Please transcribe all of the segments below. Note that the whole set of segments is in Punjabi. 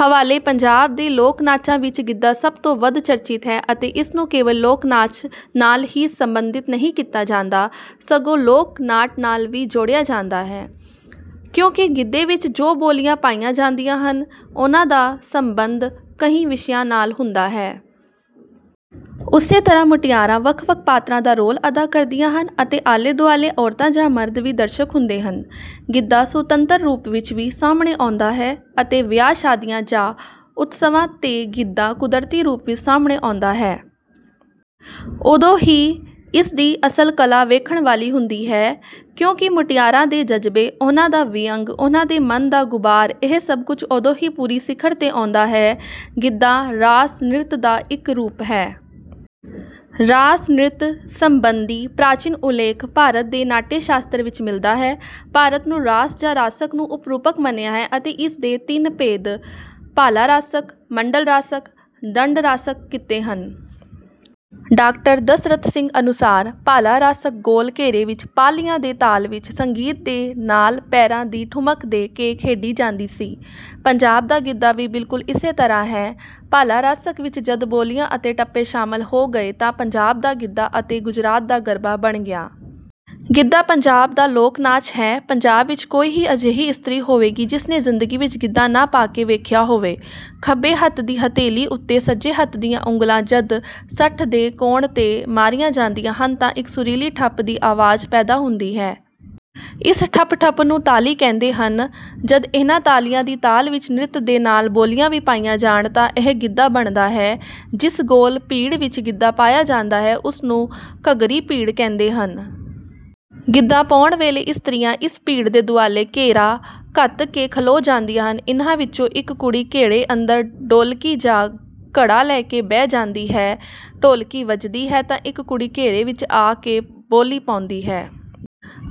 ਹਵਾਲੇ ਪੰਜਾਬ ਦੇ ਲੋਕ-ਨਾਚਾਂ ਵਿੱਚ ਗਿੱਧਾ ਸਭ ਤੋਂ ਵੱਧ ਚਰਚਿਤ ਹੈ ਅਤੇ ਇਸ ਨੂੰ ਕੇਵਲ ਲੋਕ-ਨਾਚ ਨਾਲ ਹੀ ਸਬੰਧਿਤ ਨਹੀਂ ਕੀਤਾ ਜਾਂਦਾ, ਸਗੋਂ ਲੋਕ-ਨਾਟ ਨਾਲ ਵੀ ਜੋੜਿਆ ਜਾਂਦਾ ਹੈ, ਕਿਉਂਕਿ ਗਿੱਧੇ ਵਿੱਚ ਜੋ ਬੋਲੀਆਂ ਪਾਈਆਂ ਜਾਂਦੀਆਂ ਹਨ, ਉਹਨਾਂ ਦਾ ਸੰਬੰਧ ਕਈ ਵਿਸ਼ਿਆਂ ਨਾਲ ਹੁੰਦਾ ਹੈ। ਉਸੇ ਤਰ੍ਹਾਂ ਮੁਟਿਆਰਾਂ ਵੱਖ-ਵੱਖ ਪਾਤਰਾਂ ਦਾ ਰੋਲ ਅਦਾ ਕਰਦੀਆਂ ਹਨ ਅਤੇ ਆਲੇ-ਦੁਆਲੇ ਔਰਤਾਂ ਜਾਂ ਮਰਦ ਵੀ ਦਰਸ਼ਕ ਹੁੰਦੇ ਹਨ। ਗਿੱਧਾ ਸੁਤੰਤਰ ਰੂਪ ਵਿੱਚ ਵੀ ਸਾਹਮਣੇ ਆਉਂਦਾ ਹੈ ਅਤੇ ਵਿਆਹ-ਸ਼ਾਦੀਆਂ ਜਾਂ ਉਤਸਵਾਂ 'ਤੇ ਗਿੱਧਾ ਕੁਦਰਤੀ ਰੂਪ ਵਿੱਚ ਸਾਹਮਣੇ ਆਉਂਦਾ ਹੈ। ਉਦੋਂ ਹੀ ਇਸ ਦੀ ਅਸਲ ਕਲਾ ਵੇਖਣ ਵਾਲੀ ਹੁੰਦੀ ਹੈ, ਕਿਉਂਕਿ ਮੁਟਿਆਰਾਂ ਦੇ ਜਜ਼ਬੇ, ਉਹਨਾਂ ਦਾ ਵਿਅੰਗ, ਉਹਨਾਂ ਦੇ ਮਨ ਦਾ ਗ਼ੁਬਾਰ ਇਹ ਸਭ ਕੁਝ ਉਦੋਂ ਹੀ ਪੂਰੀ ਸਿਖਰ 'ਤੇ ਆਉਂਦਾ ਹੈ। ਗਿੱਧਾ ਰਾਸ-ਨ੍ਰਿਤ ਦਾ ਇੱਕ ਰੂਪ ਹੈ। ਰਾਸ-ਨ੍ਰਿਤ ਸੰਬੰਧੀ ਪ੍ਰਾਚੀਨ ਉੱਲੇਖ ਭਾਰਤ ਦੇ ਨਾਟਯ-ਸ਼ਾਸਤਰ ਵਿੱਚ ਮਿਲਦਾ ਹੈ। ਭਾਰਤ ਨੂੰ ਰਾਸ ਜਾਂ ਰਾਸਕ ਨੂੰ ਉਪ-ਰੂਪਕ ਮੰਨਿਆ ਹੈ ਅਤੇ ਇਸ ਦੇ ਤਿੰਨ ਭੇਦ - ਭਾਲਾ ਰਾਸਕ, ਮੰਡਲ ਰਾਸਕ, ਦੰਡ ਰਾਸਕ ਕੀਤੇ ਹਨ। "ਡਾਕਟਰ ਦਸਰਥ ਸਿੰਘ ਅਨੁਸਾਰ, "ਭਾਲਾ ਰਾਸਕ ਗੋਲ ਘੇਰੇ ਵਿੱਚ ਭਾਲੀਆਂ ਦੇ ਤਾਲ ਵਿੱਚ ਸੰਗੀਤ ਦੇ ਨਾਲ ਪੈਰਾਂ ਦੀ ਠੁਮਕ ਦੇ ਕੇ ਖੇਡੀ ਜਾਂਦੀ ਸੀ। ਪੰਜਾਬ ਦਾ ਗਿੱਧਾ ਵੀ ਬਿਲਕੁਲ ਇਸੇ ਤਰ੍ਹਾਂ ਹੈ, ਭਾਲਾ ਰਾਸਕ ਵਿੱਚ ਜਦ ਬੋਲੀਆਂ ਅਤੇ ਟੱਪੇ ਸ਼ਾਮਲ ਹੋ ਗਏ ਤਾਂ ਪੰਜਾਬ ਦਾ ਗਿੱਧਾ ਅਤੇ ਗੁਜਰਾਤ ਦਾ ਗਰਬਾ ਬਣ ਗਿਆ।" ਗਿੱਧਾ ਪੰਜਾਬ ਦਾ ਲੋਕ-ਨਾਚ ਹੈ। ਪੰਜਾਬ ਵਿੱਚ ਕੋਈ ਹੀ ਅਜਿਹੀ ਇਸਤਰੀ ਹੋਵੇਗੀ ਜਿਸ ਨੇ ਜ਼ਿੰਦਗੀ ਵਿੱਚ ਗਿੱਧਾ ਨਾ ਪਾ ਕੇ ਵੇਖਿਆ ਹੋਵੇ। ਖੱਬੇ ਹੱਥ ਦੀ ਹਥੇਲੀ ਉੱਤੇ ਸੱਜੇ ਹੱਥ ਦੀਆਂ ਉਂਗਲਾਂ ਜਦ ਸੱਠ ਦੇ ਕੋਣ 'ਤੇ ਮਾਰੀਆਂ ਜਾਂਦੀਆਂ ਹਨ ਤਾਂ ਇੱਕ ਸੁਰੀਲੀ ਠੱਪ ਦੀ ਆਵਾਜ਼ ਪੈਦਾ ਹੁੰਦੀ ਹੈ। ਇਸ ਠੱਪ-ਠੱਪ ਨੂੰ ਤਾਲੀ ਕਹਿੰਦੇ ਹਨ। ਜਦ ਇਹਨਾਂ ਤਾਲੀਆਂ ਦੀ ਤਾਲ ਵਿੱਚ ਨ੍ਰਿਤ ਦੇ ਨਾਲ ਬੋਲੀਆਂ ਵੀ ਪਾਈਆਂ ਜਾਣ ਤਾਂ ਇਹ ਗਿੱਧਾ ਬਣਦਾ ਹੈ। ਜਿਸ ਗੋਲ ਪਿੜ ਵਿੱਚ ਗਿੱਧਾ ਪਾਇਆ ਜਾਂਦਾ ਹੈ, ਉਸ ਨੂੰ ਘੱਗਰੀ-ਪਿੜ ਕਹਿੰਦੇ ਹਨ। ਗਿੱਧਾ ਪਾਉਣ ਵੇਲੇ ਇਸਤਰੀਆਂ ਇਸ ਪਿੜ ਦੇ ਦੁਆਲੇ ਘੇਰਾ ਘੱਤ ਕੇ ਖਲੋ ਜਾਂਦੀਆਂ ਹਨ, ਇਹਨਾਂ ਵਿੱਚੋਂ ਇੱਕ ਕੁੜੀ ਘੇਰੇ ਅੰਦਰ ਢੋਲਕੀ ਜਾਂ ਘੜਾ ਲੈ ਕੇ ਬਹਿ ਜਾਂਦੀ ਹੈ। ਢੋਲਕੀ ਵੱਜਦੀ ਹੈ ਤਾਂ ਇੱਕ ਕੁੜੀ ਘੇਰੇ ਵਿੱਚ ਆ ਕੇ ਬੋਲੀ ਪਾਉਂਦੀ ਹੈ।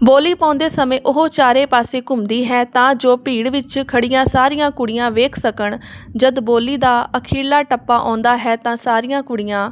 ਬੋਲੀ ਪਾਉਂਦੇ ਸਮੇਂ ਉਹ ਚਾਰੇ ਪਾਸੇ ਘੁੰਮਦੀ ਹੈ, ਤਾਂ ਜੋ ਪਿੜ ਵਿੱਚ ਖੜ੍ਹੀਆਂ ਸਾਰੀਆਂ ਕੁੜੀਆਂ ਵੇਖ ਸਕਣ। ਜਦ ਬੋਲੀ ਦਾ ਅਖ਼ੀਰਲਾ ਟੱਪਾ ਆਉਂਦਾ ਹੈ ਤਾਂ ਸਾਰੀਆਂ ਕੁੜੀਆਂ